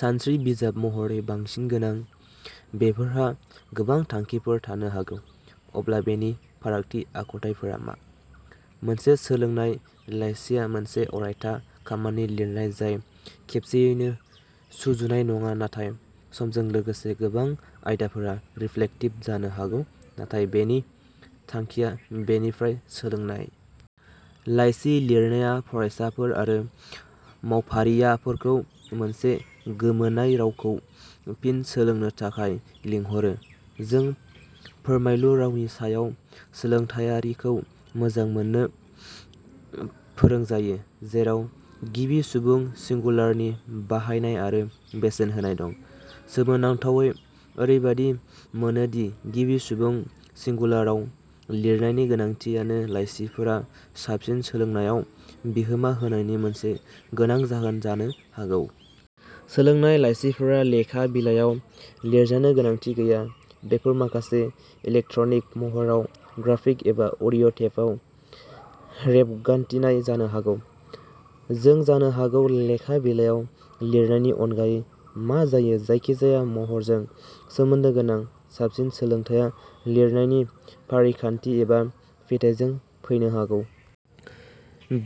सानस्रि बिजाब महरै बांसिन गोनां, बेफोरहा गोबां थांखिफोर थानो हागौ। अब्ला बेनि फारागथि आखुथायफोरा मा? मोनसे सोलोंनाय लाइसिया मोनसे अरायथा खामानि लिरनाय जाय खेबसेयैनो सुजुनाय नङा नाथाय समजों लोगोसे गोबां आयदाफोरा रिफ्लेक्टिभ जानो हागौ नाथाय बेनि थांखिया बेनिफ्राय सोलोंनाय। लाइसि लिरनाया फरायसाफोर आरो मावफारियाफोरखौ मोनसे गोमानाय रावखौ फिन सोलोंनो थाखाय लिंहरो। जों फोरमायलु रावनि सायाव सोलोंथायारिखौ मोजां मोननो फोरोंजायो, जेराव गिबि सुबुं सिंगुलारनि बाहायनाय आरो बेसेन होनाय दं। सोमोनांथावै, ओरैबायदि मोनो दि गिबि सुबुं सिंगुलाराव लिरनायनि गोनांथियानो लाइसिफोरा साबसिन सोलोंनायाव बिहोमा होनायनि मोनसे गोनां जाहोन जानो हागौ। सोलोंनाय लाइसिफोरा लेखा बिलायाव लिरजानो गोनांथि गैया। बेफोर माखासे इलेक्ट्रनिक महराव, ग्राफिक एबा अडिअ टेपआव रेबगान्थिनाय जानो हागौ। जों जानो हागौ लेखा बिलायाव लिरनायनि अनगायै, मा जायो जायखि जाया महरजों सोमोन्दो गोनां। साबसिन सोलोंथाया लिरनायनि फारिखान्थि एबा फिथायजों फैनो हागौ।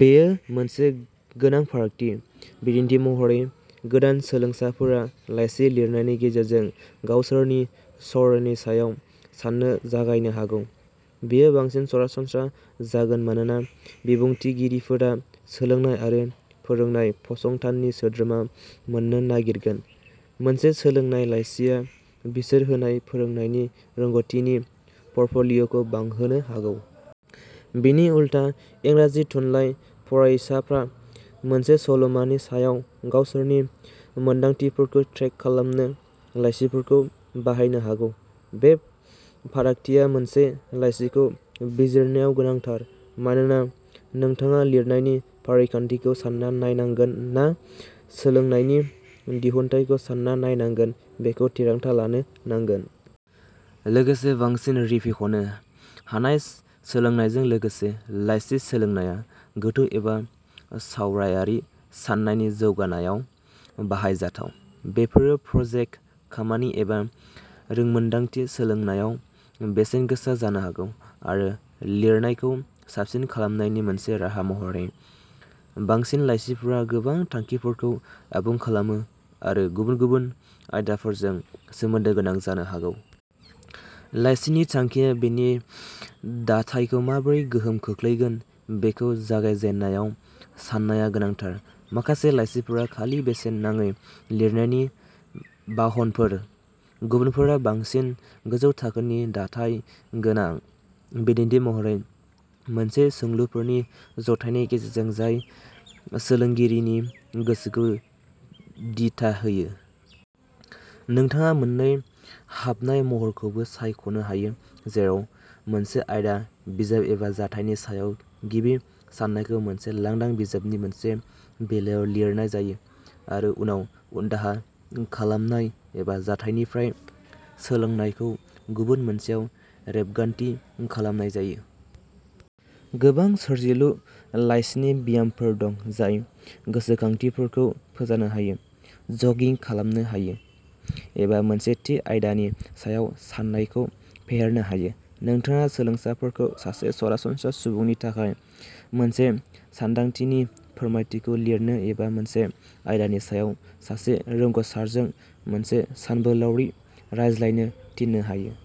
बेयो मोनसे गोनां फारागथि। बिदिन्थि महरै, गोदान सोलोंसाफोरा लाइसि लिरनायनि गेजेरजों गावसोरनि सर'नि सायाव साननो जागायनो हागौ। बेयो बांसिन सरासनस्रा जागोन मानोना बिबुंथिगिरिफोरा सोलोंनाय आरो फोरोंनाय फसंथाननि सोद्रोमा मोननो नागिरगोन। मोनसे सोलोंनाय लाइसिआ बिसोर होनाय फोरोंनायनि रोंग'थिनि पर्टफ'लिय'खौ बांहोनो हागौ। बिनि उलथा, इंराजि थुनलाइ फरायसाफ्रा मोनसे सल'मानि सायाव गावसोरनि मोनदांथिफोरखौ ट्रेक खालामनो लाइसिफोरखौ बाहायनो हागौ। बे फारागथिया मोनसे लाइसिखौ बिजिरनायाव गोनांथार, मानोना नोंथाङा लिरनायनि फारिखान्थिखौ सान्ना नायनांगोन ना सोलोंनायनि दिहुनथायखौ सान्ना नायनांगोन बेखौ थिरांथा लानो नांगोन। लोगोसे बांसिन रिफिख'नो हानाय सोलोंनायजों लोगोसे, लाइसि सोलोंनाया गोथौ एबा सावरायारि साननायनि जौगानायाव बाहायजाथाव। बेफोरो प्रजेक्ट खामानि एबा रोंमोनदांथि सोलोंनायाव बेसेनगोसा जानो हागौ। आरो लिरनायखौ साबसिन खालामनायनि मोनसे राहा महरै। बांसिन लाइसिफोरा गोबां थांखिफोरखौ आबुं खालामो आरो गुबुन गुबुन आयदाफोरजों सोमोन्दो गोनां जानो हागौ। लाइसिनि थांखिया बेनि दाथायखौ माबोरै गोहोम खोख्लैगोन बेखौ जागायजेननायाव साननाया गोनांथार। माखासे लाइसिफोरा खालि बेसेन नाङै लिरनायनि बाहनफोर। गुबुनफोरा बांसिन गोजौ थाखोनि दाथाय गोनां, बिदिन्थि महरै मोनसे सोंलुफोरनि जथायनि गेजेरजों जाय सोलोंगिरिनि गोसोखौ दिथा होयो। नोंथाङा मोननै हाबनाय महरखौबो सायख'नो हायो, जेराव मोनसे आयदा, बिजाब एबा जाथायनि सायाव गिबि साननायखौ मोनसे लांदां बिजाबनि मोनसे बिलायाव लिरनाय जायो, आरो उनाव उनदाहा खालामनाय, एबा जाथायनिफ्राय सोलोंनायखौ गुबुन मोनसेयाव रेबगान्थि खालामनाय जायो। गोबां सोरजिलु लाइसिनि ब्यामफोर दं जाय गोसोखांथिफोरखौ फोजानो हायो, जगिं खालामनो हायो एबा मोनसे थि आयदानि सायाव सान्नायखौ फेहेरनो हायो। नोंथाङा सोलोंसाफोरखौ सासे सरासनस्रा सुबुंनि थाखाय मोनसे सानदांथिनि फोरमायथिखौ लिरनो एबा मोनसे आयदानि सायाव सासे रोंग'सारजों मोनसे सानबोलावरि रायज्लायनो थिननो हायो।